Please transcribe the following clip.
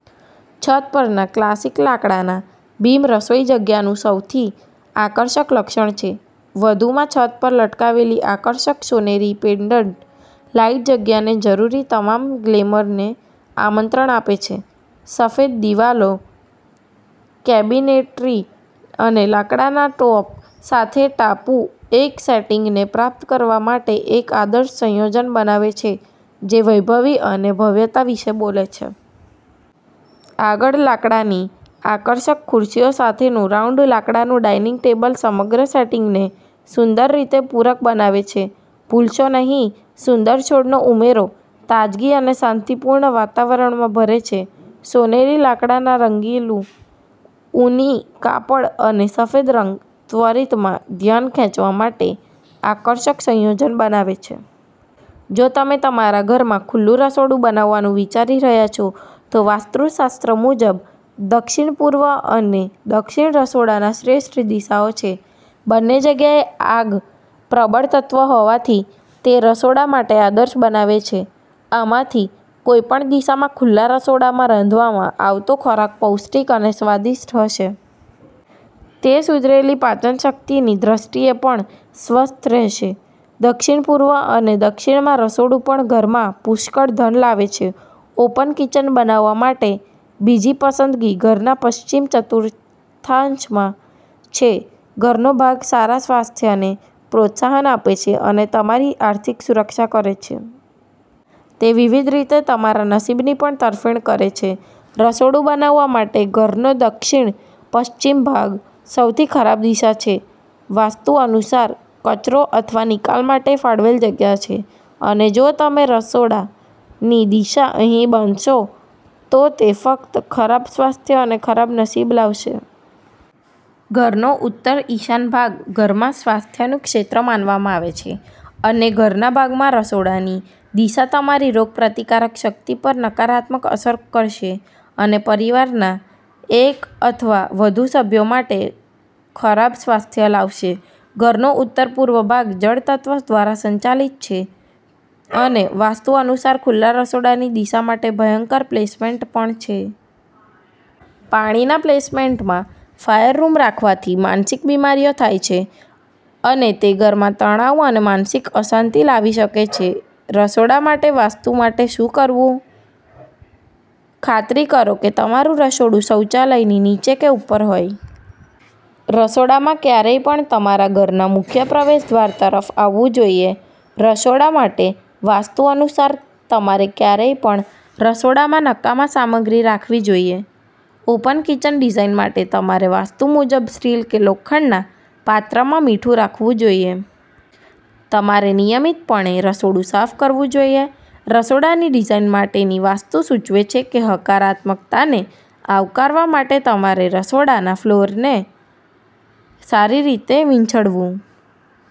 છત પરના ક્લાસિક લાકડાના બીમ રસોઈ જગ્યાનું સૌથી આકર્ષક લક્ષણ છે. વધુમાં, છત પર લટકાવેલી આકર્ષક સોનેરી પેન્ડન્ટ લાઇટ જગ્યાને જરૂરી તમામ ગ્લેમરને આમંત્રણ આપે છે. સફેદ દિવાલો, કેબિનેટરી અને લાકડાના ટોપ સાથેના ટાપુ એક સેટિંગને પ્રાપ્ત કરવા માટે એક આદર્શ સંયોજન બનાવે છે જે વૈભવી અને ભવ્યતા વિશે બોલે છે. આગળ, લાકડાની આકર્ષક ખુરશીઓ સાથેનું રાઉન્ડ લાકડાનું ડાઇનિંગ ટેબલ સમગ્ર સેટિંગને સુંદર રીતે પૂરક બનાવે છે. ભૂલશો નહીં, સુંદર છોડનો ઉમેરો તાજગી અને શાંતિપૂર્ણ વાતાવરણમાં ભરે છે. સોનેરી, લાકડાના રંગેલું ઊની કાપડ અને સફેદ રંગ ત્વરિતમાં ધ્યાન ખેંચવા માટે આકર્ષક સંયોજન બનાવે છે. જો તમે તમારા ઘરમાં ખુલ્લું રસોડું બનાવવાનું વિચારી રહ્યા છો, તો વાસ્તુશાસ્ત્ર મુજબ, દક્ષિણ-પૂર્વ અને દક્ષિણ રસોડાના શ્રેષ્ઠ દિશાઓ છે. બંને જગ્યાએ આગ પ્રબળ તત્વ હોવાથી તે રસોડા માટે આદર્શ બનાવે છે. આમાંથી કોઈપણ દિશામાં ખુલ્લા રસોડામાં રાંધવામાં આવતો ખોરાક પૌષ્ટિક અને સ્વાદિષ્ટ હશે. તે સુધરેલી પાચનશક્તિની દ્રષ્ટિએ પણ સ્વસ્થ રહેશે. દક્ષિણ-પૂર્વ અને દક્ષિણમાં રસોડું પણ ઘરમાં પુષ્કળ ધન લાવે છે. ઓપન કિચન બનાવવા માટે બીજી પસંદગી ઘરના પશ્ચિમ ચતુર્થાંશમાં છે. ઘરનો ભાગ સારા સ્વાસ્થ્યને પ્રોત્સાહન આપે છે અને તમારી આર્થિક સુરક્ષા કરે છે. તે વિવિધ રીતે તમારા નસીબની પણ તરફેણ કરે છે. રસોડું બનાવવા માટે ઘરનો દક્ષિણ-પશ્ચિમ ભાગ સૌથી ખરાબ દિશા છે. વાસ્તુ અનુસાર કચરો અથવા નિકાલ માટે ફાળવેલ જગ્યા છે, અને જો તમે તમારા રસોડાની દિશા અહીં બાંધશો, તો તે ફક્ત ખરાબ સ્વાસ્થ્ય અને ખરાબ નસીબ લાવશે. ઘરનો ઉત્તર-ઈશાન ભાગ ઘરમાં સ્વાસ્થ્યનું ક્ષેત્ર માનવામાં આવે છે અને ઘરના ભાગમાં રસોડાની દિશા તમારી રોગપ્રતિકારક શક્તિ પર નકારાત્મક અસર કરશે અને પરિવારના એક અથવા વધુ સભ્યો માટે ખરાબ સ્વાસ્થ્ય લાવશે. ઘરનો ઉત્તરપૂર્વ ભાગ જળ તત્વ દ્વારા સંચાલિત છે અને વાસ્તુ અનુસાર ખુલ્લા રસોડાની દિશા માટે ભયંકર પ્લેસમેન્ટ પણ છે. પાણીના પ્લેસમેન્ટમાં ફાયર રૂમ રાખવાથી માનસિક બિમારીઓ થાય છે અને તે ઘરમાં તણાવ અને માનસિક અશાંતિ લાવી શકે છે. રસોડા માટે વાસ્તુ માટે શું કરવું? ખાતરી કરો કે તમારું રસોડું શૌચાલયની નીચે કે ઉપર હોય. રસોડામાં ક્યારેય પણ તમારા ઘરના મુખ્ય પ્રવેશદ્વાર તરફ આવવું જોઈએ. રસોડા માટે વાસ્તુ અનુસાર તમારે ક્યારેય પણ રસોડામાં નકામા સામગ્રી રાખવી જોઈએ. ઓપન કિચન ડિઝાઇન માટે તમારે વાસ્તુ મુજબ સ્ટીલ કે લોખંડના પાત્રમાં મીઠું રાખવું જોઈએ. તમારે નિયમિતપણે રસોડું સાફ કરવું જોઈએ. રસોડાની ડિઝાઈન માટેની વાસ્તુ સૂચવે છે કે હકારાત્મકતાને આવકારવા માટે તમારે રસોડાના ફ્લોરને સારી રીતે વીંછળવું.